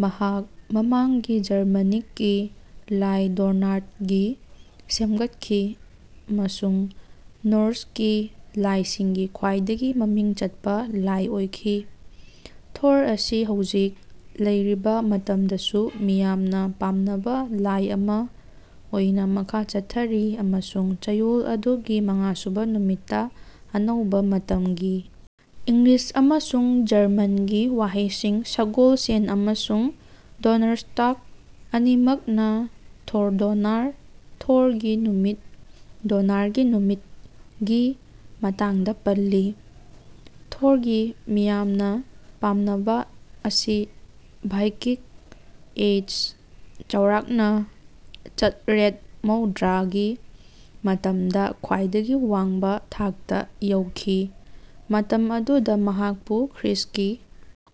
ꯃꯍꯥꯛ ꯃꯃꯥꯡꯒꯤ ꯖꯔꯃꯅꯤꯛꯀꯤ ꯂꯥꯏ ꯗꯣꯅꯥꯔꯗꯒꯤ ꯁꯦꯝꯒꯠꯈꯤ ꯑꯃꯁꯨꯡ ꯅꯣꯔ꯭ꯁꯀꯤ ꯂꯥꯏꯁꯤꯡꯒꯤ ꯈ꯭ꯋꯥꯏꯗꯒꯤ ꯃꯃꯤꯡ ꯆꯠꯄ ꯂꯥꯏ ꯑꯣꯏꯈꯤ꯫ ꯊꯣꯔ ꯑꯁꯤ ꯍꯧꯖꯤꯛ ꯂꯩꯔꯤꯕ ꯃꯇꯝꯗꯁꯨ ꯃꯤꯌꯥꯝꯅ ꯄꯥꯝꯅꯕ ꯂꯥꯏ ꯑꯃ ꯑꯣꯏꯅ ꯃꯈꯥ ꯆꯠꯊꯔꯤ, ꯑꯃꯁꯨꯡ ꯆꯌꯣꯜ ꯑꯗꯨꯒꯤ ꯃꯉꯥꯁꯨꯕ ꯅꯨꯃꯤꯠꯇ ꯑꯅꯧꯕ ꯃꯇꯝꯒꯤ ꯏꯪꯂꯤꯁ ꯑꯃꯁꯨꯡ ꯖꯔꯃꯟꯒꯤ ꯋꯥꯍꯩꯁꯤꯡ ꯁꯒꯣꯜꯁꯦꯟ ꯑꯃꯁꯨꯡ ꯗꯣꯅꯔꯁ꯭ꯇꯥꯒ ꯑꯅꯤꯃꯛꯅ ꯊꯣꯔꯗꯣꯅꯥꯔ ("ꯊꯣꯔꯒꯤ ꯅꯨꯃꯤꯠ ꯗꯣꯅꯥꯔꯒꯤ ꯅꯨꯃꯤꯠ")ꯒꯤ ꯃꯇꯥꯡꯗ ꯄꯜꯂꯤ꯫ ꯊꯣꯔꯒꯤ ꯃꯤꯌꯥꯝꯅ ꯄꯥꯝꯅꯕ ꯑꯁꯤ ꯚꯥꯏꯀꯤꯡ ꯑꯦꯖ (ꯆꯥꯎꯔꯥꯛꯅ ꯆꯠꯔꯦꯠ ꯃꯧꯗ꯭ꯔ)ꯒꯤ ꯃꯇꯝꯗ ꯈ꯭ꯋꯥꯏꯗꯒꯤ ꯋꯥꯡꯕ ꯊꯥꯛꯇ ꯌꯧꯈꯤ, ꯃꯇꯝ ꯑꯗꯨꯗ ꯃꯍꯥꯛꯄꯨ ꯈ꯭ꯔꯤꯁ꯭ꯠꯀꯤ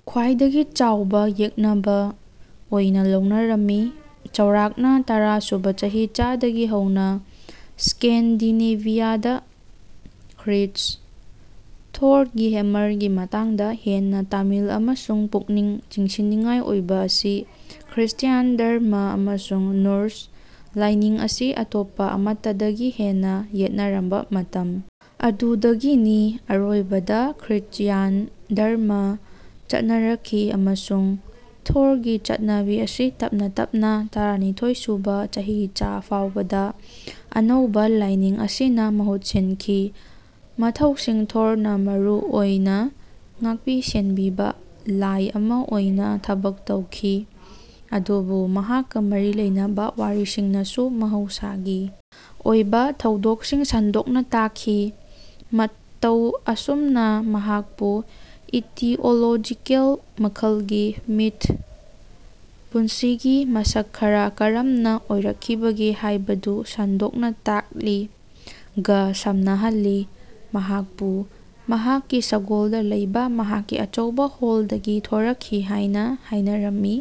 ꯈ꯭ꯋꯥꯏꯗꯒꯤ ꯆꯥꯎꯕ ꯌꯦꯛꯅꯕ ꯑꯣꯏꯅ ꯂꯧꯅꯔꯝꯃꯤ, ꯆꯥꯎꯔꯥꯛꯅ ꯇꯔꯥ ꯁꯨꯕ ꯆꯍꯤꯆꯥꯗꯒꯤ ꯍꯧꯅ, ꯁ꯭ꯀꯦꯟꯗꯤꯅꯦꯚꯤꯌꯥꯗ ꯈ꯭ꯔꯤꯁ꯭ꯠ꯫ ꯊꯣꯔꯒꯤ ꯍꯦꯝꯃꯔꯒꯤ ꯃꯇꯥꯡꯗ ꯍꯦꯟꯅ ꯇꯥꯃꯤꯜ ꯑꯃꯁꯨꯡ ꯄꯨꯛꯅꯤꯡ ꯆꯤꯡꯁꯤꯟꯅꯤꯡꯉꯥꯏ ꯑꯣꯏꯕ ꯑꯁꯤ ꯈ꯭ꯔꯤꯁ꯭ꯇ꯭ꯌꯥꯟ ꯙꯔꯃꯥ ꯑꯃꯁꯨꯡ ꯅꯣꯔ꯭ꯁ ꯂꯥꯏꯅꯤꯡ ꯑꯁꯤ ꯑꯇꯣꯞꯄ ꯑꯃꯠꯇꯗꯒꯤ ꯍꯦꯟꯅ ꯌꯦꯠꯅꯔꯝꯕ ꯃꯇꯝ ꯑꯗꯨꯗꯒꯤꯅꯤ꯫ ꯑꯔꯣꯏꯕꯗ ꯈ꯭ꯔꯤꯁ꯭ꯠꯌꯥꯟ ꯙꯔꯃꯥ ꯆꯠꯅꯔꯛꯈꯤ ꯑꯃꯁꯨꯡ ꯊꯣꯔꯒꯤ ꯆꯠꯅꯕꯤ ꯑꯁꯤ ꯇꯞꯅ-ꯇꯞꯅ ꯇꯔꯥꯅꯤꯊꯣꯏꯁꯨꯕ ꯆꯍꯤꯆꯥ ꯐꯥꯎꯕꯗ ꯑꯅꯧꯕ ꯂꯥꯏꯅꯤꯡ ꯑꯁꯤꯅ ꯃꯍꯨꯠ ꯁꯤꯟꯈꯤ꯫ ꯃꯊꯧꯁꯤꯡ ꯊꯣꯔꯅ ꯃꯔꯨ ꯑꯣꯏꯅ ꯉꯥꯛꯄꯤ-ꯁꯦꯟꯕꯤꯕ-ꯂꯥꯏ ꯑꯃ ꯑꯣꯏꯅ ꯊꯕꯛ ꯇꯧꯈꯤ, ꯑꯗꯨꯕꯨ ꯃꯍꯥꯛꯀ ꯃꯔꯤ ꯂꯩꯅꯕ ꯋꯥꯔꯤꯁꯤꯡꯅꯁꯨ ꯃꯍꯧꯁꯥꯒꯤ ꯑꯣꯏꯕ ꯊꯧꯗꯣꯛꯁꯤꯡ ꯁꯟꯗꯣꯛꯅ ꯇꯥꯛꯈꯤ, ꯃꯇꯧ ꯑꯁꯨꯝꯅ ꯃꯍꯥꯛꯄꯨ ꯏꯇꯤꯑꯣꯂꯣꯖꯤꯀꯦꯜ ꯃꯈꯜꯒꯤ ꯃꯤꯊ (ꯄꯨꯟꯁꯤꯒꯤ ꯃꯁꯛ ꯈꯔ ꯀꯔꯝꯅ ꯑꯣꯏꯔꯛꯈꯤꯕꯒꯦ ꯍꯥꯏꯕꯗꯨ ꯁꯟꯗꯣꯛꯅ ꯇꯥꯛꯂꯤ)ꯒ ꯁꯝꯅꯍꯜꯂꯤ꯫ ꯃꯍꯥꯛꯄꯨ ꯃꯍꯥꯛꯀꯤ ꯁꯒꯣꯜꯗ ꯂꯩꯕ ꯃꯍꯥꯛꯀꯤ ꯑꯆꯧꯕ ꯍꯣꯜꯗꯒꯤ ꯊꯣꯔꯛꯈꯤ ꯍꯥꯏꯅ ꯍꯥꯏꯅꯔꯝꯃꯤ,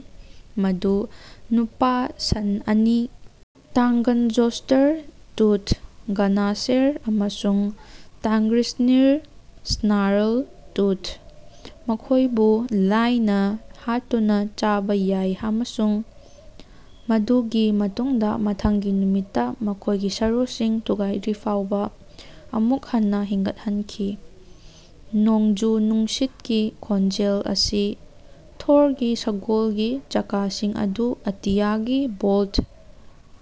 ꯃꯗꯨ ꯅꯨꯄꯥ ꯁꯟ ꯑꯅꯤ ꯇꯥꯡꯒꯟꯖꯣꯁ꯭ꯇ꯭ꯔ (ꯇꯨꯊ ꯒꯅꯥꯁꯦꯔ) ꯑꯃꯁꯨꯡ ꯇꯥꯡꯒ꯭ꯔꯤꯁꯅꯤꯔ (ꯁ꯭ꯅꯥꯔꯜ ꯇꯨꯊ) ꯃꯈꯣꯏꯕꯨ ꯂꯥꯏꯅ ꯍꯥꯠꯇꯨꯅ ꯆꯥꯕ ꯌꯥꯏ ꯑꯃꯁꯨꯡ ꯃꯗꯨꯒꯤ ꯃꯇꯨꯡꯗ ꯃꯊꯪꯒꯤ ꯅꯨꯃꯤꯠꯇ ꯃꯈꯣꯏꯒꯤ ꯁꯔꯨꯁꯤꯡ ꯊꯨꯒꯥꯏꯗ꯭ꯔꯤꯐꯥꯎꯕ ꯑꯃꯨꯛ ꯍꯟꯅ ꯍꯤꯡꯒꯠꯍꯟꯈꯤ꯫ ꯅꯣꯡꯖꯨ-ꯅꯨꯡꯁꯤꯠꯀꯤ ꯈꯣꯟꯖꯦꯜ ꯑꯁꯤ ꯊꯣꯔꯒꯤ ꯁꯒꯣꯜꯒꯤ ꯆꯀꯥꯁꯤꯡ ꯑꯗꯨ ꯑꯇꯤꯌꯥꯒꯤ ꯚꯣꯜ꯭ꯇ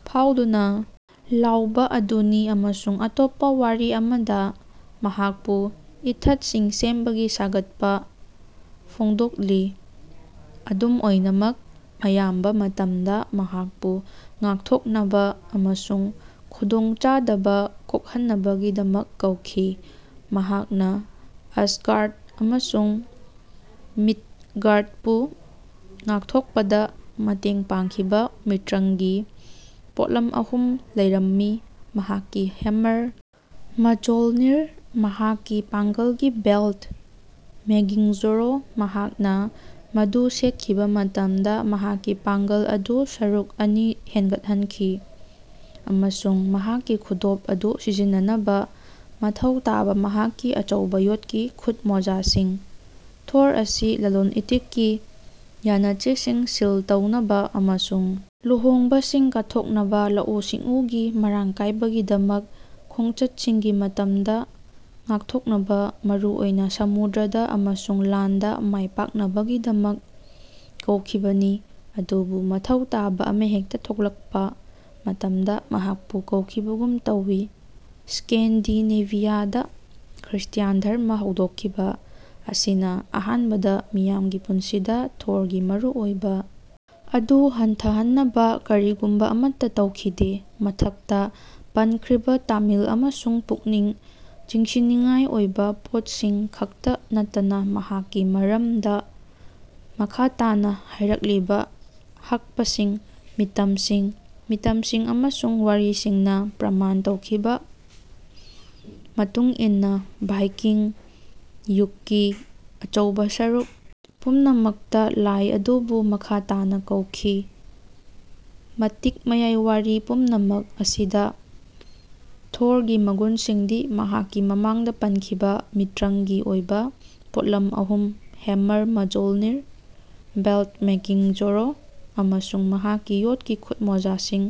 ꯐꯥꯎꯗꯨꯅ ꯂꯥꯎꯕ ꯑꯗꯨꯅꯤ ꯑꯃꯁꯨꯡ ꯑꯇꯣꯞꯄ ꯋꯥꯔꯤ ꯑꯃꯗ, ꯃꯍꯥꯛꯄꯨ ꯏꯊꯠꯁꯤꯡ ꯁꯦꯝꯕꯒꯤ ꯊꯥꯒꯠꯄ ꯐꯣꯡꯗꯣꯛꯂꯤ꯫ ꯑꯗꯨꯝ ꯑꯣꯏꯅꯃꯛ, ꯑꯌꯥꯝꯕ ꯃꯇꯝꯗ, ꯃꯍꯥꯛꯄꯨ ꯉꯥꯛꯊꯣꯛꯅꯕ ꯑꯃꯁꯨꯡ ꯈꯨꯗꯣꯡꯆꯥꯗꯕ ꯀꯣꯛꯍꯟꯅꯕꯒꯤꯗꯃꯛ ꯀꯧꯈꯤ꯫ ꯃꯍꯥꯛꯅ ꯑꯁꯒꯥꯔ꯭ꯗ ꯑꯃꯁꯨꯡ ꯃꯤꯗꯒꯥꯔ꯭ꯗꯄꯨ ꯉꯥꯛꯊꯣꯛꯄꯗ ꯃꯇꯦꯡ ꯄꯥꯡꯈꯤꯕ ꯃꯤꯇ꯭ꯔꯪꯒꯤ ꯄꯣꯠꯂꯝ ꯑꯍꯨꯝ ꯂꯩꯔꯝꯃꯤ꫰ꯃꯍꯥꯛꯀꯤ ꯍꯦꯝꯃꯔ ꯃꯖꯣꯜꯅꯤꯔ, ꯃꯍꯥꯛꯀꯤ ꯄꯥꯡꯒꯜꯒꯤ ꯕꯦꯜ꯭ꯇ ꯃꯦꯒꯤꯡꯖꯣꯔꯣ (ꯃꯍꯥꯛꯅ ꯃꯗꯨ ꯁꯦꯠꯈꯤꯕ ꯃꯇꯝꯗ ꯃꯍꯥꯛꯀꯤ ꯄꯥꯡꯒꯜ ꯑꯗꯨ ꯁꯔꯨꯛ ꯑꯅꯤ ꯍꯦꯟꯒꯠꯍꯟꯈꯤ), ꯑꯃꯁꯨꯡ ꯃꯍꯥꯛꯀꯤ ꯈꯨꯗꯣꯞ ꯑꯗꯨ ꯁꯤꯖꯤꯟꯅꯅꯕ ꯃꯊꯧ ꯇꯥꯕ ꯃꯍꯥꯛꯀꯤ ꯑꯆꯧꯕ ꯌꯣꯠꯀꯤ ꯈꯨꯠꯃꯣꯖꯥꯁꯤꯡ꯫ ꯊꯣꯔ ꯑꯁꯤ ꯂꯂꯣꯟ-ꯏꯇꯤꯛꯀꯤ ꯌꯥꯅꯆꯦꯁꯤꯡ ꯁꯤꯜ ꯇꯧꯅꯕ ꯑꯃꯁꯨꯡ ꯂꯨꯍꯣꯡꯕꯁꯤꯡ ꯀꯠꯊꯣꯛꯅꯕ, ꯂꯧꯎ-ꯁꯤꯡꯎꯒꯤ ꯃꯔꯥꯡ ꯀꯥꯏꯕꯒꯤꯗꯃꯛ, ꯈꯣꯡꯆꯠꯁꯤꯡꯒꯤ ꯃꯇꯝꯗ ꯉꯥꯛꯊꯣꯛꯅꯕ (ꯃꯔꯨꯑꯣꯏꯅ ꯁꯃꯨꯗ꯭ꯔꯗ) ꯑꯃꯁꯨꯡ ꯂꯥꯟꯗ ꯃꯥꯏꯄꯥꯛꯅꯕꯒꯤꯗꯃꯛ ꯀꯧꯈꯤꯕꯅꯤ, ꯑꯗꯨꯕꯨ ꯃꯊꯧ ꯇꯥꯕ ꯑꯃꯍꯦꯛꯇ ꯊꯣꯛꯂꯛꯄ ꯃꯇꯝꯗ ꯃꯍꯥꯛꯄꯨ ꯀꯧꯈꯤꯕꯒꯨꯝ ꯇꯧꯋꯤ꯫ ꯁ꯭ꯀꯦꯟꯗꯤꯅꯦꯚꯤꯌꯥꯗ ꯈ꯭ꯔꯤꯁ꯭ꯇ꯭ꯌꯥꯟ ꯙꯔꯃꯥ ꯍꯧꯗꯣꯛꯈꯤꯕ ꯑꯁꯤꯅ ꯑꯍꯥꯟꯕꯗ ꯃꯤꯌꯥꯝꯒꯤ ꯄꯨꯟꯁꯤꯗ ꯊꯣꯔꯒꯤ ꯃꯔꯨꯑꯣꯏꯕ ꯑꯗꯨ ꯍꯟꯊꯍꯟꯅꯕ ꯀꯔꯤꯒꯨꯝꯕ ꯑꯃꯠꯇ ꯇꯧꯈꯤꯗꯦ꯫ ꯃꯊꯛꯇ ꯄꯟꯈ꯭ꯔꯤꯕ ꯇꯥꯃꯤꯜ ꯑꯃꯁꯨꯡ ꯄꯨꯛꯅꯤꯡ ꯆꯤꯡꯁꯤꯟꯅꯤꯡꯉꯥꯏ ꯑꯣꯏꯕ ꯄꯣꯠꯁꯤꯡ ꯈꯛꯇ ꯅꯠꯇꯅ ꯃꯍꯥꯛꯀꯤ ꯃꯔꯝꯗ ꯃꯈꯥ ꯇꯥꯅ ꯍꯥꯏꯔꯛꯂꯤꯕ ꯍꯛꯄꯁꯤꯡ, ꯃꯤꯇꯝꯁꯤꯡ, ꯃꯤꯇꯝꯁꯤꯡ ꯑꯃꯁꯨꯡ ꯋꯥꯔꯤꯁꯤꯡꯅ ꯄ꯭ꯔꯃꯥꯟ ꯇꯧꯈꯤꯕ ꯃꯇꯨꯡ ꯏꯟꯅ ꯚꯥꯏꯀꯤꯡ ꯌꯨꯒꯀꯤ ꯑꯆꯧꯕ ꯁꯔꯨꯛ ꯄꯨꯝꯅꯃꯛꯇ ꯂꯥꯏ ꯑꯗꯨꯕꯨ ꯃꯈꯥ ꯇꯥꯅ ꯀꯧꯈꯤ꯫ ꯃꯇꯤꯛ ꯃꯌꯥꯏ ꯋꯥꯔꯤ ꯄꯨꯝꯅꯃꯛ ꯑꯁꯤꯗ, ꯊꯣꯔꯒꯤ ꯃꯒꯨꯟꯁꯤꯡꯗꯤ ꯃꯍꯥꯛꯀꯤ ꯃꯃꯥꯡꯗ ꯄꯟꯈꯤꯕ ꯃꯤꯇ꯭ꯔꯪꯒꯤ ꯑꯣꯏꯕ ꯄꯣꯠꯂꯝ ꯑꯍꯨꯝ ꯍꯦꯝꯃꯔ ꯃꯖꯣꯜꯅꯤꯔ, ꯕꯦꯜꯠ ꯃꯦꯒꯤꯡꯖꯣꯔꯣ, ꯑꯃꯁꯨꯡ ꯃꯍꯥꯛꯀꯤ ꯌꯣꯠꯀꯤ ꯈꯨꯠꯃꯣꯖꯥꯁꯤꯡ,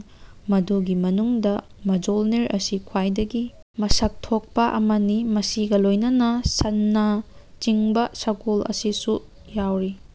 ꯃꯗꯨꯒꯤ ꯃꯅꯨꯡꯗ ꯃꯖꯣꯜꯅꯤꯔ ꯑꯁꯤ ꯈ꯭ꯋꯥꯏꯗꯒꯤ ꯃꯁꯛ ꯊꯣꯛꯄ ꯑꯃꯅꯤ ꯃꯁꯤꯒ ꯂꯣꯏꯅꯅ ꯁꯟꯅ ꯆꯤꯡꯕ ꯁꯒꯣꯜ ꯑꯁꯤꯁꯨ ꯌꯥꯎꯔꯤ꯫